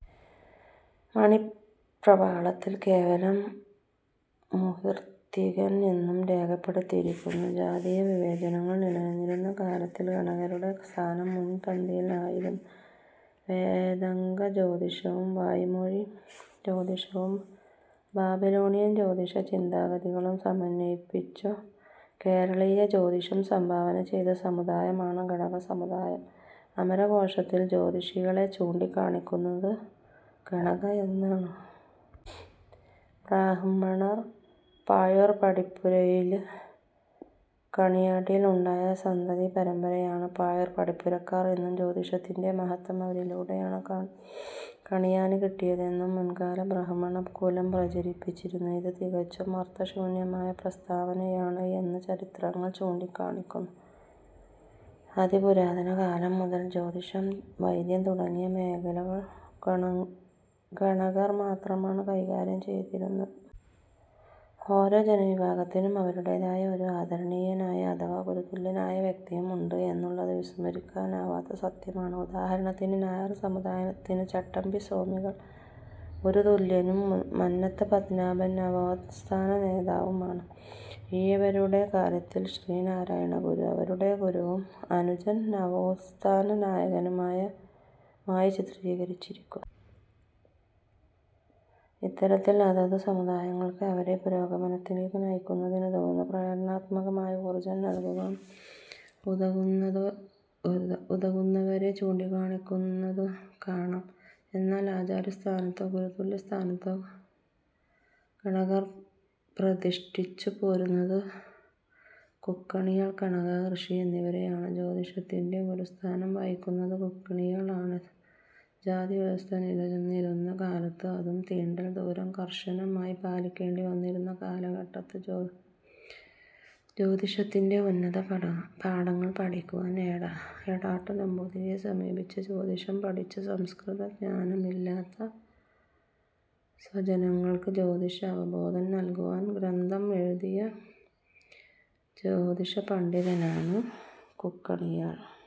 മണിപ്രവാളത്തിൽ കേവലം "മുഹിർത്തികൻ" എന്നും രേഖപ്പെടുത്തിയിരിക്കുന്നു. ജാതീയ വിവേചനങ്ങൾ നിലനിന്നിരുന്ന കാലത്തിൽ ഗണകരുടെ സ്ഥാനം മുൻപന്തിയിൽ ആയിരുന്നു. വേദാംഗ ജ്യോതിഷവും, വായ്മൊഴി ജ്യോതിഷവും, ബാബിലോണിയൻ ജ്യോതിഷ ചിന്താഗതികളും സമന്വയിപ്പിച്ചു കേരളീയ ജ്യോതിഷം സംഭാവന ചെയ്ത സമുദായമാണ് ഗണക സമുദായം. അമരകോശത്തിൽ ജ്യോതിഷികളെ ചൂണ്ടികാണിക്കുന്നത് ഗണകഃ എന്നാണ്. ബ്രാഹ്മണർ പാഴൂർ പടിപ്പുരയിലെ കണിയാട്ടിയിൽ ഉണ്ടായ സന്തതി പരമ്പരയാണ് പാഴൂർ പടിപ്പുരക്കാർ എന്നും ജ്യോതഷിത്തിന്റെ മഹത്ത്വം അവരിലൂടെയാണ് കണിയാന് കിട്ടിയതെന്നും മുൻകാല ബ്രാഹ്മണകുലം പ്രചരിപ്പിച്ചിരുന്നു. ഇത് തികച്ചും അർത്ഥശൂന്യമായ പ്രസ്താവനയാണ് എന്ന് ചരിത്രങ്ങൾ ചൂണ്ടികാണിയ്ക്കുന്നു. അതിപുരാതന കാലം മുതൽ, ജ്യോതിഷം, വൈദ്യം തുടങ്ങിയ മേഖലകൾ ഗണകർ മാത്രമാണ് കൈകാര്യം ചെയ്തിരുന്നത്. ഓരോ ജനവിഭാഗത്തിനും അവരുടേതായ ഒരു ആദരണീയനായ അഥവാ ഗുരുതുല്യനായ വ്യക്തിയും ഉണ്ട് എന്നുള്ളത് വിസ്മരിയ്ക്കാനാവാത്ത സത്യമാണ്. ഉദാഹരണത്തിന് നായർ സമുദായത്തിന് ചട്ടമ്പി സ്വാമികൾ ഗുരുതുല്യനും മന്നത്ത് പത്മനാഭൻ നവോത്ഥാന നേതാവും ആണ്. ഈഴവരുടെ കാര്യത്തിൽ ശ്രീനാരായണ ഗുരു അവരുടെ ഗുരുവും അനുജൻ നവോത്ഥാന നായകനുമായി ചിത്രീകരിച്ചിരിക്കുന്നു. ഇത്തരത്തിൽ അതതു സമുദായങ്ങൾക്ക് അവരെ പുരോഗമനത്തിലേക്ക് നയിക്കുന്നതിനുകതുന്ന പ്രേരണാത്മകമായ ഊർജ്ജം നല്കുവാൻ ഉതകുന്നവരെ ചൂണ്ടികാണിക്കുന്നതു കാണാം. എന്നാൽ ആചാര്യ സ്ഥാനത്തോ ഗുരുതുല്യ സ്ഥാനത്തോ ഗണകർ പ്രതിഷ്ഠിച്ചുപോരുന്നത് കുക്കണിയാൾ, ഗണക ഋഷി എന്നിവരെയാണ്. ജ്യോതിഷത്തിന്റെ ഗുരുസ്ഥാനം വഹിക്കുന്നത് "കുക്കണിയാൾ" ആണ്. ജാതിവ്യവസ്ഥ നിലനിന്നിരുന്ന കാലത്ത്, അതും തീണ്ടൽ ദൂരം കർശനമായി പാലിക്കേണ്ടിവന്നിരുന്ന കാലഘട്ടത്ത് ജ്യോതിഷത്തിന്റെ ഉന്നത പാഠങ്ങൾ പഠിക്കുവാൻ എടാട്ടു നമ്പൂതിരിയെ സമീപിച്ച്, ജ്യോതിഷം പഠിച്ച്, സംസ്കൃത ജ്ഞാനമില്ലാത്ത സ്വജനങ്ങൾക്ക് ജ്യോതിഷ അവബോധം നല്കുവാൻ ഗ്രന്ഥം എഴുതിയ ജ്യോതഷ പണ്ഡിതനാണ് കുക്കണിയാൾ.